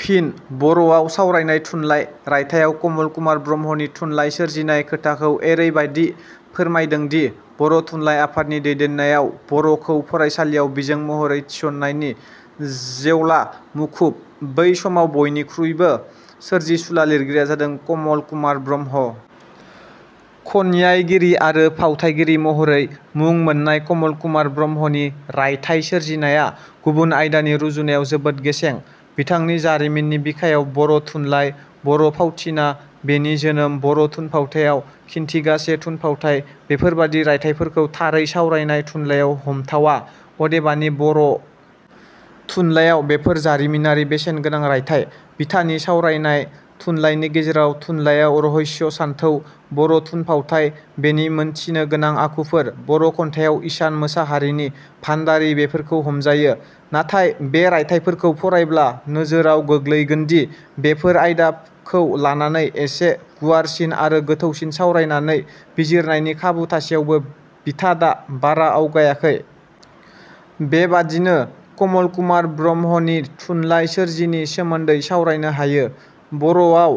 फिन: 'बर'वाव सावरायनाय थुनलाइ' रायथाइयाव कमल कुमार ब्रह्मनि थुनलाइ सोरजिनाय खोथाखौ एरैबादि फोरमायदोंदि- बर' थुनलाइ आफादनि दैदेननायाव बर 'खौ फरायसालियाव बिजों महरै थिसननायनि जेव्ला मुखुब, बै समाव बयनिखुइबो सोरजिसुला लिरगिरिया जादों कमल कुमार ब्रह्म। खन्याइगिरि आरो फावथाइगिरि महरै मुं मोननाय कमल कुमार ब्रह्मनि रायथाइ सोरजिनाया, गुबुन आयदानि रुजुनायाव जोबोद गेसें। बिथांनि 'जारिमिननि बिखायाव बर' थुनलाइ', 'बर' फावथिनाः बेनि जोनोम', 'बर' थुनफावथाइयाव खिनथिगासे थुनफावथाइ'- बेफोरबादि रायथाइफोरखौ थारै सावरायनाय थुनलाइयाव हमथावा, अदेबानि बर'। थुनलाइयाव बेफोर जारिमिनारि बेसेन गोनां रायथाइ। बिथानि सावरायनाय। थुनलाइनि गेजेराव ' थुनलाइयाव रहस्य सानथौ', बर' थुनफावथाय: बेनि मोनथिनो गोनां आखुफोर' 'बर' खन्थाइयाव इसान मोसाहारिनि भाण्डारि बेफोरखौ हमजायो। नाथाय बे रायथाइफोरखौ फरायब्ला नोजोराव गोग्लैगोनदि बेफोर आयदाखौ लानानै एसे गुवारसिन आरो गोथौसिन सावरायनानै बिजिरनायनि खाबु थासेयावबो बिथाडा बारा आवगायाखै। बेबादिनो कमल कुमार ब्रह्मनि थुनलाइ सोरजिनि सोमोन्दै सावरायनो हायो। 'बर 'वाव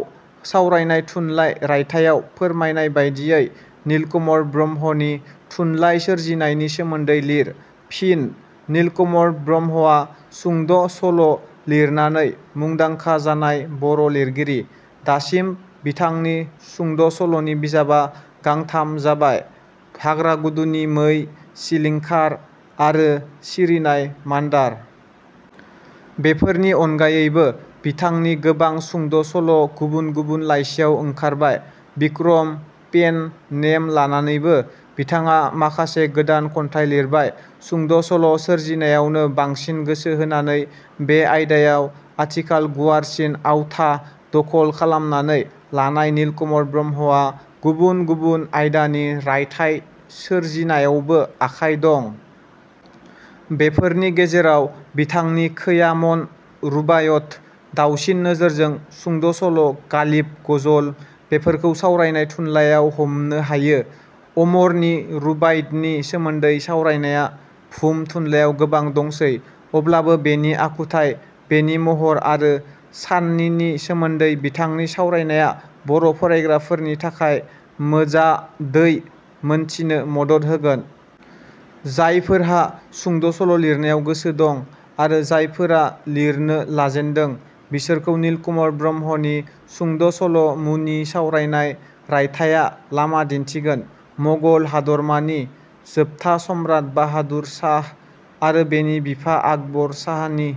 सावरायनाय थुनलाइ रायथाइयाव फोरमायनाय बादियै नीलकमल ब्रह्मनि थुनलाइ सोरजिनायनि सोमोन्दै लिर। फिनः नीलकमल ब्रह्मआ सुंद' सल' लिरनानै मुंदांखा जानाय बर' लिरगिरि। दासिम बिथांनि सुंद'सल'नि बिजाबा गांथाम जाबाय- 'हाग्रा गुदुनि मै', 'सिलिंखार' आरो 'सिरिनाय मान्दार'। बेफोरनि अनगायैबो बिथांनि गोबां सुंद' सल' गुबुन गुबुन लाइसियाव ओंखारबाय। बिक्रम पेन-नेम लानानैबो – बिथाङा माखासे गोदान खन्थाइ लिरबाय। सुंद' सल' सोरजिनायावनो बांसिन गोसो होनानै बे आयदायाव आथिखाल गुवारसिन आवथा दखल खालामनानै लानाय नीलकमल ब्रह्मआ गुबुन गुबुन आयदानि रायथाइ सोरजिनायावबो आखाइ दं। बेफोरनि गेजेराव बिथांनि खैयामन रुबायत: दावसिन नोजोरजों, सुंद' सल', गालिब गजल बेफोरखौ सावरायनाय थुनलाइयाव हमनो हायो। अमरनि रुबाइतनि सोमोन्दै सावरायनाया भुम थुनलाइयाव गोबां दंसै। अब्लाबो बेनि आखुथाइ, बेनि महर आरो साननिनि सोमोन्दै बिथांनि सावरायनाया बर' फरायग्राफोरनि थाखाय मोजाडै मोनथिनो मदद होगोन। जायफोरहा सुंद 'सल' लिरनायाव गोसो दं आरो जायफोरा लिरनो लाजेन्दों, बिसोरखौ नीलकमल ब्रह्मनि 'सुंद' सल' मुनि सावरायनाय रायथाइँया लामा दिन्थिगोन। मगल हादरमा नि जोबथा सम्राट बाहादुर शाह आरो बेनि बिफा आकबर शाहनि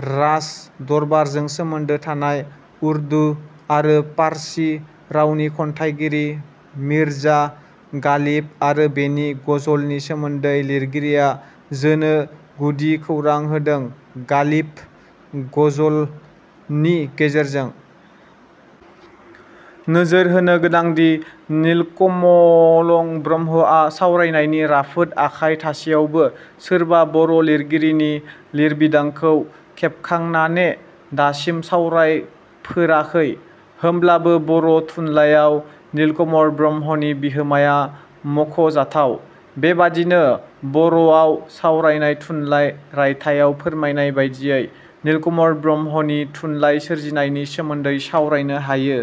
राजदरबारजों सोमोन्दो थानाय, उर्दु आरो पार्ची रावनि खन्याइगिरि मीर्जा गालिब आरो बेनि गजलनि सोमोन्दै लिरगिरिया जोनो गुदि खौरां होदों 'गालिब: गजल' नि गेजेरजों। नोजोर होनो गोनांदि नीलकमलं ब्रह्मआ सावरायनायनि राफोद आखाइ थासेयावबो सोरबा बर' लिरगिरिनि लिरबिदांखौ खेबखांनाने दासिम सावरायफोराखै। होमब्लाबो बर' थुनलाइयाव नीलकमल ब्रह्मनि- बिहोमाया मख 'जाथाव। बेबादिनों 'बर 'वाव सावरायनाय थुनलाइ ' रायथाइयाव फोरमायनाय बादियै नीलकमल ब्रह्मनि थुनलाय सोरजिनायनि सोमोन्दै सावरायनो हायो।